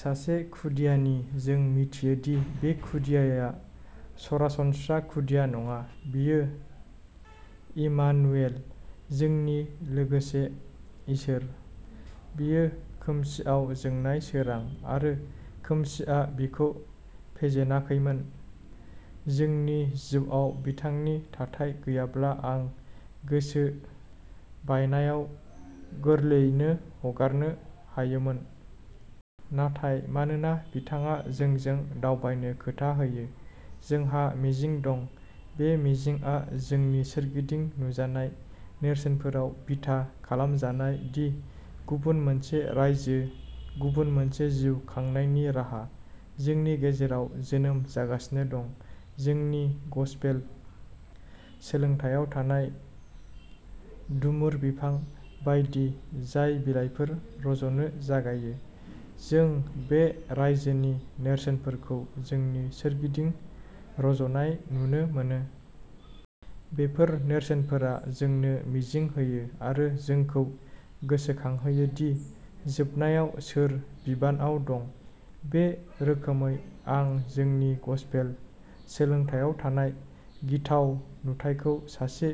सासे खुदियानि जों मिथियो दि बे खुदियाया सरासनस्रा खुदिया नङा बियो इमानुएल, जोंनि लोगोसे इसोर। बियो खोमसिआव जोंनाय सोरां आरो खोमसिआ बिखौ फेजेनाखैमोन। जोंनि जिउआव बिथांनि थाथाय गैयाब्ला आं गोसो बायनायाव गोरलैयैनो हगारनो हायोमोन। नाथाय मानोना बिथाङा जोंजों दावबायनो खोथा होयो, जोंहा मिजिं दं। बे मिजिंआ जोंनि सोरगिदिं नुजानाय नेरसोनफोराव बिथा खालामजानाय दि गुबुन मोनसे रायजो, गुबुन मोनसे जिउ खांनायनि राहा, जोंनि गेजेराव जोनोम जागासिनो दं। जोंनि गसपेल सोलोंथायाव थानाय डुमुर बिफां बायदि जाय बिलाइफोर रज'नो जागायो, जों बे रायजोनि नेरसोनफोरखौ जोंनि सोरगिदिं रज'नाय नुनो मोनो। बेफोर नेरसोनफोरा जोंनो मिजिं होयो आरो जोंखौ गोसोखांहोयो दि जोबनायाव सोर बिबानआव दं। बे रोखोमै आं जोंनि गसपेल सोलोंथायाव थानाय गिथाव नुथायखौ सासे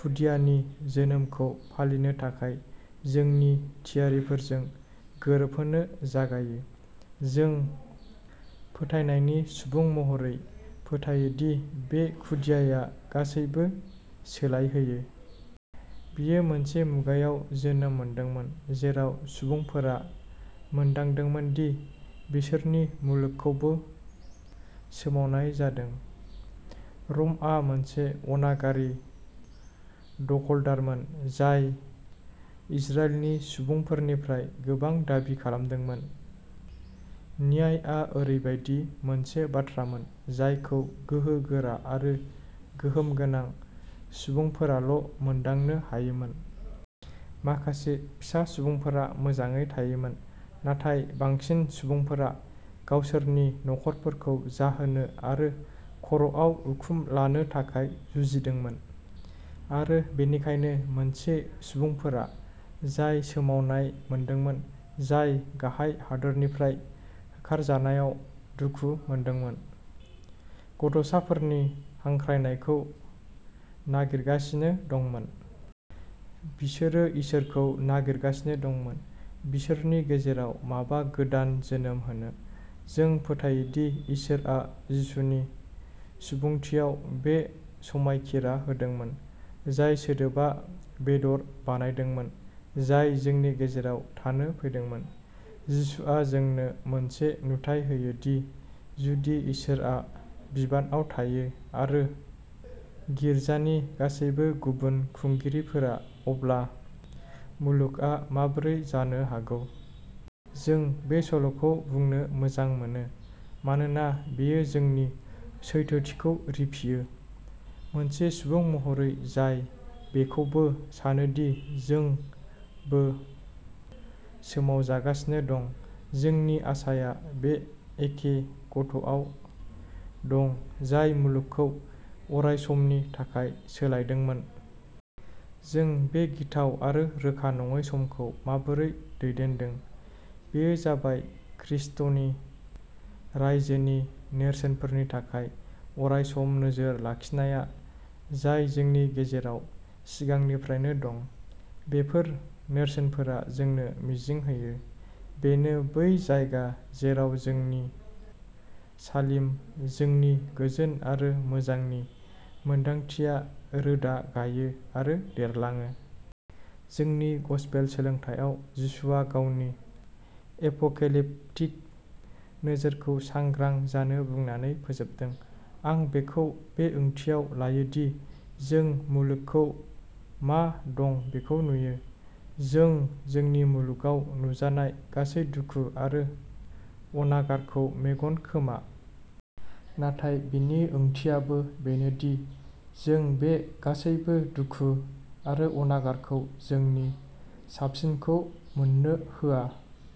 खुदियानि जोनोमखौ फालिनो थाखाय जोंनि थियारिफोरजों गोरोबहोनो जागायो। जों, फोथायनायनि सुबुं महरै, फोथायो दि बे खुदियाया गासैबो सोलायहोयो। बियो मोनसे मुगायाव जोनोम मोनदोंमोन। जेराव सुबुंफोरा मोनदांदोंमोन दि बिसोरनि मुलुगखौबो सोमावनाय जादों। रमआ मोनसे अनागारि दखलदारमोन जाय इजराइलनि सुबुंफोरनिफ्राय गोबां दाबि खालामदोंमोन। न्यायआ ओरैबायदि मोनसे बाथ्रामोन जायखौ गोहो गोरा आरो गोहोम गोनां सुबुंफोराल' मोनदांनो हायोमोन। माखासे फिसा सुबुंफोरा मोजाङै थायोमोन, नाथाय बांसिन सुबुंफोरा गावसोरनि नखरफोरखौ जाहोनो आरो खर'आव उखुम लानो थाखाय जुजिदोंमोन। आरो बेनिखायनो, मोनसे सुबुंफोरा जाय सोमावनाय मोनदोंमोन, जाय गाहाय हादोरनिफ्राय होखारजानायाव दुखु मोनदोंमोन, गथ'साफोरनि हांख्रायनायखौ नागिरगासिनो दंमोन। बिसोरो इसोरखौ नागिरगासिनो दंमोन बिसोरनि गेजेराव माबा गोदान जोनोम होनो। जों फोथायोदि इसोरआ जिसुनि सुबुंथियाव बे समायखिरा होदोंमोन, जाय सोदोबा बेदर बानायदोंमोन, जाय जोंनि गेजेराव थानो फैदोंमोन। जिसुआ जोंनो मोनसे नुथाय होयो दि जुदि इसोरआ बिबानआव थायो आरो गिर्जानि गासैबो गुबुन खुंगिरिफोरा, अब्ला मुलुगआ माबोरै जानो हागौ। जों बे सल'खौ बुंनो मोजां मोनो मानोना बेयो जोंनि सैथोथिखौ रिफियो। मोनसे सुबुं महरै जाय बेखौबो सानो दि जों बो सोमावजागासिनो दं, जोंनि आसाया बे एखे गथ'आव दं जाय मुलुगखौ अरायसमनि थाखाय सोलायदोंमोन। जों बे गिथाव आरो रोखा नङै समखौ माबोरै दैदेनदों, बेयो जाबाय ख्रीष्टनि रायजोनि नेरसोनफोरनि थाखाय अरायसम नोजोर लाखिनाया जाय जोंनि गेजेराव सिगांनिफ्रायनो दं। बेफोर नेरसोनफोरा जोंनो मिजिं होयो। बेनो बै जायगा जेराव जोंनि शालिम, जोंनि गोजोन आरो मोजांनि मोनदांथिया रोदा गायो आरो देरलाङो। जोंनि गसपेल सोलोंथायाव, जिसुआ गावनि एपोकेलिप्टिक नोजोरखौ सांग्रां जानो बुंनानै फोजोबदों। आं बेखौ बे ओंथियाव लायो दि जों मुलुगखौ मा दं बेखौ नुयो। जों जोंनि मुलुगाव नुजानाय गासै दुखु आरो अनागारखौ मेगन खोमा। नाथाय बेनि ओंथियाबो बेनो दि जों बे गासैबो दुखु आरो अनागारखौ जोंनि साबसिनखौ मोननो होआ।